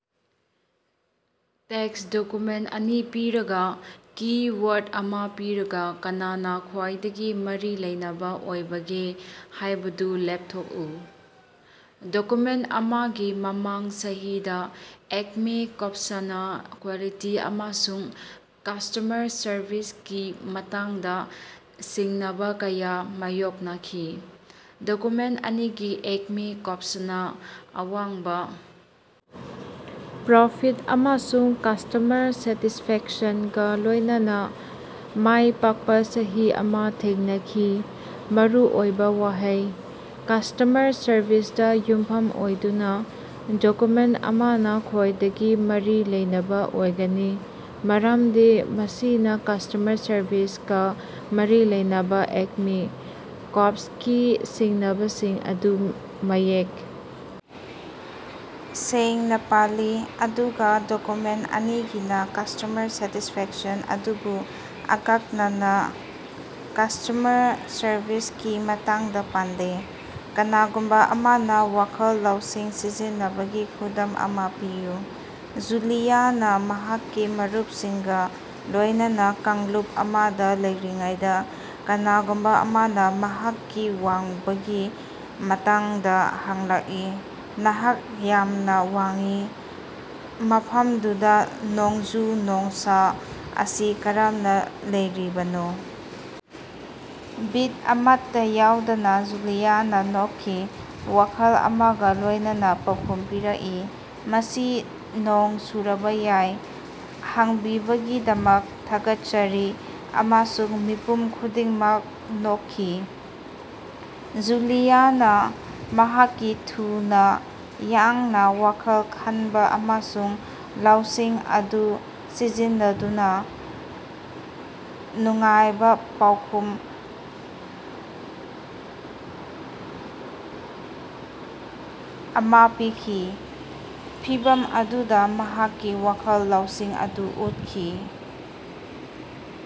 Tax document ꯑꯅꯤ ꯄꯤꯔꯒꯥ, keyword ꯑꯃꯥ ꯄꯤꯔꯒꯥ ꯀꯅꯥꯅꯥ ꯈ꯭ꯋꯥꯏꯗꯒꯤ ꯃꯔꯤ ꯂꯩꯅꯕꯥ ꯑꯣꯏꯕꯒꯦ ꯍꯥꯏꯕꯗꯨ ꯂꯦꯞꯊꯣꯛꯎ꯫ ꯗꯣꯀꯨꯃꯦꯟꯇ ꯑꯃꯒꯤ ꯃꯃꯥꯡ ꯆꯍꯤꯗꯥ ꯑꯦꯛꯃꯦ ꯀꯣꯞꯁꯅꯥ ꯀ꯭ꯋꯥꯂꯤꯇꯤ ꯑꯃꯁꯨꯡ ꯀꯁ꯭ꯇꯃꯔ ꯁꯔꯕꯤꯁꯀꯤ ꯃꯇꯥꯡꯗꯥ ꯁꯤꯡꯅꯕꯥ ꯀꯌꯥ ꯃꯥꯌꯣꯛꯅꯈꯤ ꯗꯣꯀꯨꯃꯦꯟꯇ ꯑꯅꯤꯒꯤ ꯑꯦꯛꯃꯦ ꯀꯣꯞꯁꯅꯥ ꯑꯋꯥꯡꯕꯥ ꯄ꯭ꯔꯣꯐꯤꯠ ꯑꯃꯁꯨꯡ ꯀꯁ꯭ꯇꯃꯔ ꯁꯦꯇꯤꯁꯐꯦꯛꯁꯟꯒꯥ ꯂꯣꯏꯅꯅꯥ ꯃꯥꯏ ꯄꯥꯛꯄꯥ ꯆꯍꯤ ꯑꯃꯥ ꯊꯦꯡꯅꯈꯤ ꯃꯔꯨꯑꯣꯏꯕꯥ ꯋꯥꯍꯩ: ꯀꯁ꯭ꯇꯃꯔ ꯁꯔꯕꯤꯁꯗꯥ ꯌꯨꯝꯐꯝ ꯑꯣꯏꯗꯨꯅꯥ, ꯗꯣꯀ꯭ꯌꯨꯃꯦꯟꯇ ꯑꯃꯥꯅꯥ ꯈ꯭ꯋꯥꯏꯗꯒꯤ ꯃꯔꯤ ꯂꯩꯅꯕꯥ ꯑꯣꯏꯒꯅꯤ, ꯃꯔꯝꯗꯤ ꯃꯁꯤꯅꯥ ꯀꯁ꯭ꯇꯃꯔ ꯁꯔꯚꯤꯁꯀꯥ ꯃꯔꯤ ꯂꯩꯅꯕꯥ ꯑꯦꯛꯃꯦ ꯀꯣꯞꯁꯀꯤ ꯁꯤꯡꯅꯕꯁꯤꯡ ꯑꯗꯨ ꯃꯌꯦꯛ ꯁꯦꯡꯅꯥ ꯄꯜꯂꯤ, ꯑꯗꯨꯒꯥ ꯗꯣꯀ꯭ꯌꯨꯃꯦꯟꯇ ꯑꯅꯤꯒꯤꯅꯥ ꯀꯁ꯭ꯇꯃꯔ ꯁꯦꯇꯤꯁꯐꯦꯛꯁꯟ ꯑꯗꯨꯕꯨ ꯑꯀꯛꯅꯅꯥ ꯀꯁ꯭ꯇꯃꯔ ꯁꯔꯚꯤꯁꯀꯤ ꯃꯇꯥꯡꯗꯥ ꯄꯟꯗꯦ꯫ ꯀꯅꯥꯒꯨꯝꯕꯥ ꯑꯃꯅꯥ ꯋꯥꯈꯜ ꯂꯧꯁꯤꯡ ꯁꯤꯖꯤꯟꯅꯕꯒꯤ ꯈꯨꯗꯝ ꯑꯃꯥ ꯄꯤꯌꯨ꯫ ꯖꯨꯂꯤꯌꯥꯅꯥ ꯃꯍꯥꯛꯀꯤ ꯃꯔꯨꯞꯁꯤꯡꯒꯥ ꯂꯣꯏꯅꯅꯥ ꯀꯥꯡꯂꯨꯞ ꯑꯃꯗꯥ ꯂꯩꯔꯤꯉꯩꯗꯥ ꯀꯅꯥꯒꯨꯝꯕꯥ ꯑꯃꯅꯥ ꯃꯍꯥꯛꯀꯤ ꯋꯥꯡꯕꯒꯤ ꯃꯇꯥꯡꯗꯥ ꯍꯪꯂꯛꯏ, ꯅꯍꯥꯛ ꯌꯥꯝꯅꯥ ꯋꯥꯡꯏ, ꯃꯐꯝꯗꯨꯗꯥ ꯅꯣꯡꯖꯨ-ꯅꯨꯡꯁꯥ ꯑꯁꯤ ꯀꯔꯝꯅꯥ ꯂꯩꯔꯤꯕꯅꯣ? ꯕꯤꯠ ꯑꯃꯠꯇꯥ ꯌꯥꯎꯗꯅꯥ ꯖꯨꯂꯤꯌꯥꯅꯥ ꯅꯣꯛꯈꯤ, ꯋꯥꯈꯜ ꯑꯃꯒꯥ ꯂꯣꯏꯅꯅꯥ ꯄꯥꯎꯈꯨꯝ ꯄꯤꯔꯛꯏ, ꯃꯁꯤ ꯅꯣꯡ ꯆꯨꯔꯕꯥ ꯌꯥꯏ, ꯍꯪꯕꯤꯕꯒꯤꯗꯃꯛ ꯊꯥꯒꯠꯆꯔꯤ ꯑꯃꯁꯨꯡ ꯃꯤꯄꯨꯝ ꯈꯨꯗꯤꯡꯃꯛ ꯅꯣꯛꯈꯤ꯫ ꯖꯨꯂꯤꯌꯥꯅꯥ ꯃꯍꯥꯛꯀꯤ ꯊꯨꯅꯥ ꯌꯥꯡꯅꯥ ꯋꯥꯈꯜ ꯈꯟꯕꯥ ꯑꯃꯁꯨꯡ ꯂꯧꯁꯤꯡ ꯑꯗꯨ ꯁꯤꯖꯤꯟꯅꯗꯨꯅꯥ ꯅꯨꯡꯉꯥꯏꯕꯥ ꯄꯥꯎꯈꯨꯝ ꯑꯃꯥ ꯄꯤꯈꯤ, ꯐꯤꯚꯝ ꯑꯗꯨꯗꯥ ꯃꯍꯥꯛꯀꯤ ꯋꯥꯈꯜ ꯂꯧꯁꯤꯡ ꯑꯗꯨ ꯎꯠꯈꯤ꯫